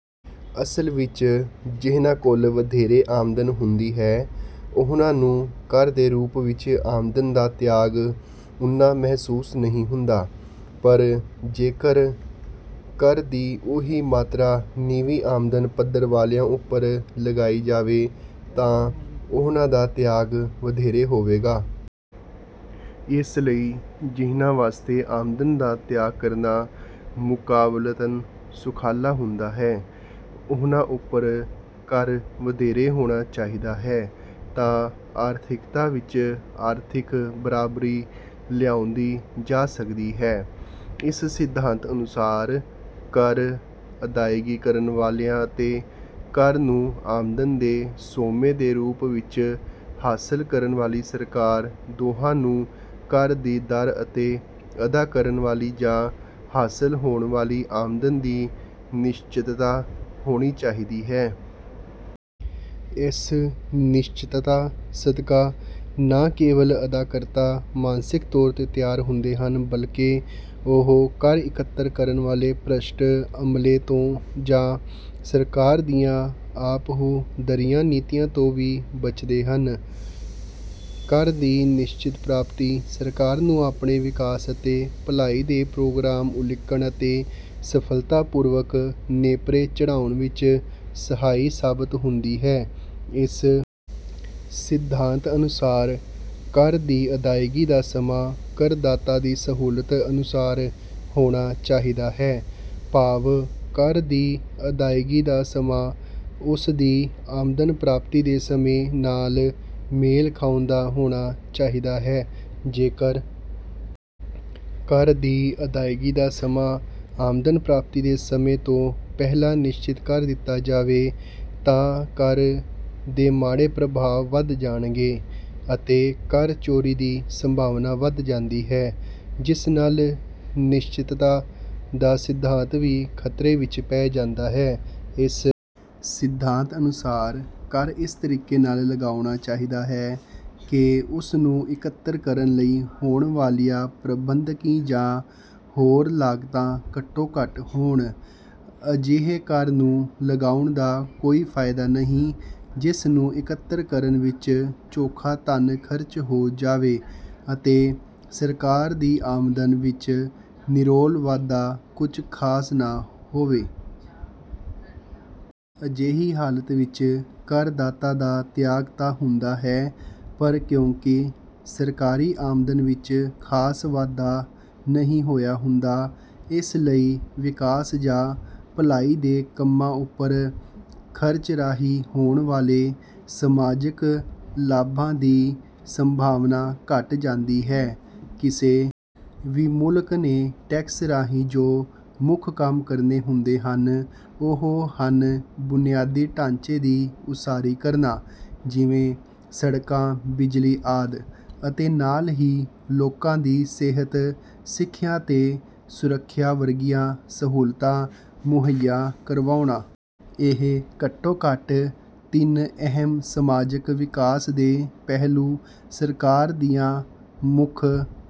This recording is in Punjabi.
ਅਸਲ ਵਿੱਚ ਜਿਹਨਾਂ ਕੋਲ ਵਧੇਰੇ ਆਮਦਨ ਹੁੰਦੀ ਹੈ, ਉਹਨਾਂ ਨੂੰ ਕਰ ਦੇ ਰੂਪ ਵਿੱਚ ਆਮਦਨ ਦਾ ਤਿਆਗ ਉੰਨਾਂ ਮਹਿਸੂਸ ਨਹੀਂ ਹੁੰਦਾ, ਪਰ ਜੇਕਰ ਕਰ ਦੀ ਉਹੀ ਮਾਤਰਾ ਨੀਵੀਂ ਆਮਦਨ ਪੱਧਰ ਵਾਲਿਆਂ ਉੱਪਰ ਲਗਾਈ ਜਾਵੇ, ਤਾਂ ਉਹਨਾਂ ਦਾ ਤਿਆਗ ਵਧੇਰੇ ਹੋਵੇਗਾ। ਇਸ ਲਈ ਜਿਹਨਾਂ ਵਾਸਤੇ ਆਮਦਨ ਦਾ ਤਿਆਗ ਕਰਨਾ ਮੁਕਾਬਲਤਨ ਸੁਖਾਲਾ ਹੁੰਦਾ ਹੈ, ਉਹਨਾਂ ਉੱਪਰ ਕਰ ਵਧੇਰੇ ਹੋਣਾ ਚਾਹੀਦਾ ਹੈ, ਤਾਂ ਆਰਥਿਕਤਾ ਵਿੱਚ ਆਰਥਿਕ ਬਰਾਬਰੀ ਲਿਆਂਉਂਦੀ ਜਾ ਸਕਦੀ ਹੈ। ਇਸ ਸਿਧਾਂਤ ਅਨੁਸਾਰ, ਕਰ ਅਦਾਇਗੀ ਕਰਨ ਵਾਲਿਆਂ ਅਤੇ ਕਰ ਨੂੰ ਆਮਦਨ ਦੇ ਸੋਮੇਂ ਦੇ ਰੂਪ ਵਿੱਚ ਹਾਸਲ ਕਰਨ ਵਾਲੀ ਸਰਕਾਰ ਦੋਹਾਂ ਨੂੰ ਕਰ ਦੀ ਦਰ ਅਤੇ ਅਦਾ ਕਰਨ ਵਾਲੀ ਜਾਂ ਹਾਸਲ ਹੋਣ ਵਾਲੀ ਆਮਦਨ ਦੀ ਨਿਸ਼ਚਤਤਾ ਹੋਣੀ ਚਾਹੀਦੀ ਹੈ। ਇਸ ਨਿਸ਼ਚਤਤਾ ਸਦਕਾ ਨਾਂ ਕੇਵਲ ਅਦਾਕਰਤਾ ਮਾਨਸਿਕ ਤੌਰ ਤੇ ਤਿਆਰ ਹੁੰਦੇ ਹਨ, ਬਲਕਿ ਉਹ ਕਰ ਇਕੱਤਰ ਕਰਨ ਵਾਲੇ ਭ੍ਰਸ਼ਟ ਅਮਲੇ ਤੋਂ ਜਾਂ ਸਰਕਾਰ ਦੀਆਂ ਆਪਹੁਦਰੀਆਂ ਨੀਤੀਆਂ ਤੋਂ ਵੀ ਬਚਦੇ ਹਨ। ਕਰ ਦੀ ਨਿਸ਼ਚਿਤ ਪ੍ਰਾਪਤੀ ਸਰਕਾਰ ਨੂੰ ਆਪਣੇ ਵਿਕਾਸ ਅਤੇ ਭਲਾਈ ਦੇ ਪ੍ਰੋਗਰਾਮ ਉਲੀਕਣ ਅਤੇ ਸਫਲਤਾ ਪੂਰਵਕ ਨੇਪਰੇ ਚੜ੍ਹਾਉਣ ਵਿੱਚ ਸਹਾਈ ਸਾਬਤ ਹੁੰਦੀ ਹੈ। ਇਸ ਸਿਧਾਂਤ ਅਨੁਸਾਰ, ਕਰ ਦੀ ਅਦਾਇਗੀ ਦਾ ਸਮਾਂ ਕਰਦਾਤਾ ਦੀ ਸਹੂਲਤ ਅਨੁਸਾਰ ਹੋਣਾ ਚਾਹੀਦਾ ਹੈ, ਭਾਵ ਕਰ ਦੀ ਅਦਾਇਗੀ ਦਾ ਸਮਾਂ ਉਸ ਦੀ ਆਮਦਨ ਪ੍ਰਾਪਤੀ ਦੇ ਸਮੇਂ ਨਾਲ ਮੇਲ ਖਾਉਂਦਾ ਹੋਣਾ ਚਾਹੀਦਾ ਹੈ। ਜੇਕਰ ਕਰ ਦੀ ਅਦਾਇਗੀ ਦਾ ਸਮਾਂ ਆਮਦਨ ਪ੍ਰਾਪਤੀ ਦੇ ਸਮੇਂ ਤੋਂ ਪਹਿਲਾਂ ਨਿਸ਼ਚਿਤ ਕਰ ਦਿੱਤਾ ਜਾਵੇ, ਤਾਂ ਕਰ ਦੇ ਮਾੜੇ ਪ੍ਰਭਾਵ ਵਧ ਜਾਣਗੇ ਅਤੇ ਕਰ ਚੋਰੀ ਦੀ ਸੰਭਾਵਨਾ ਵਧ ਜਾਂਦੀ ਹੈ, ਜਿਸ ਨਾਲ ਨਿਸ਼ਚਿਤਤਾ ਦਾ ਸਿਧਾਂਤ ਵੀ ਖਤਰੇ ਵਿੱਚ ਪੈ ਜਾਂਦਾ ਹੈ। ਇਸ ਸਿਧਾਂਤ ਅਨੁਸਾਰ, ਕਰ ਇਸ ਤਰੀਕੇ ਨਾਲ ਲਗਾਉਣਾ ਚਾਹੀਦਾ ਹੈ ਕਿ ਉਸ ਨੂੰ ਇਕੱਤਰ ਕਰਨ ਲਈ ਹੋਣ ਵਾਲੀਆਂ ਪ੍ਰਬੰਧਕੀ ਜਾਂ ਹੋਰ ਲਾਗਤਾਂ ਘੱਟੋ ਘੱਟ ਹੋਣ। ਅਜਿਹੇ ਕਰ ਨੂੰ ਲਗਾਉਣ ਦਾ ਕੋਈ ਫਾਇਦਾ ਨਹੀਂ, ਜਿਸ ਨੂੰ ਇਕੱਤਰ ਕਰਨ ਵਿੱਚ ਚੋਖਾ ਧਨ ਖਰਚ ਹੋ ਜਾਵੇ ਅਤੇ ਸਰਕਾਰ ਦੀ ਆਮਦਨ ਵਿੱਚ ਨਿਰੋਲ ਵਾਧਾ ਕੁਝ ਖਾਸ ਨਾ ਹੋਵੇ। ਅਜਿਹੀ ਹਾਲਤ ਵਿੱਚ ਕਰਦਾਤਾ ਦਾ ਤਿਆਗ ਤਾਂ ਹੁੰਦਾ ਹੈ, ਪਰ ਕਿਉਂਕਿ ਸਰਕਾਰੀ ਆਮਦਨ ਵਿੱਚ ਖਾਸ ਵਾਧਾ ਨਹੀਂ ਹੋਇਆ ਹੁੰਦਾ, ਇਸ ਲਈ ਵਿਕਾਸ ਜਾਂ ਭਲਾਈ ਦੇ ਕੰਮਾਂ ਉੱਪਰ ਖਰਚ ਰਾਹੀਂ ਹੋਣ ਵਾਲੇ ਸਮਾਜਿਕ ਲਾਭਾਂ ਦੀ ਸੰਭਾਵਨਾਂ ਘਟ ਜਾਂਦੀ ਹੈ। ਕਿਸੇ ਵੀ ਮੁਲਕ ਨੇ ਟੈਕਸ ਰਾਹੀਂ ਜੋ ਮੁੱਖ ਕੰਮ ਕਰਨੇ ਹੁੰਦੇ ਹਨ, ਉਹ ਹਨ ਬੁਨਿਆਦੀ ਢਾਂਚੇ ਦੀ ਉਸਾਰੀ ਕਰਨਾ, ਜਿਵੇਂ ਸੜਕਾਂ, ਬਿਜਲੀ ਆਦਿ, ਅਤੇ ਨਾਲ ਹੀ ਲੋਕਾਂ ਦੀ ਸਿਹਤ, ਸਿੱਖਿਆ ਤੇ ਸੁਰੱਖਿਆ ਵਰਗੀਆਂ ਸਹੂਲਤਾਂ ਮੁਹੱਈਆ ਕਰਵਾਉਣਾ। ਇਹ ਘੱਟੋ ਘੱਟ ਤਿੰਨ ਅਹਿਮ ਸਮਾਜਿਕ ਵਿਕਾਸ ਦੇ ਪਹਿਲੂ ਸਰਕਾਰ ਦੀਆਂ ਮੁੱਖ...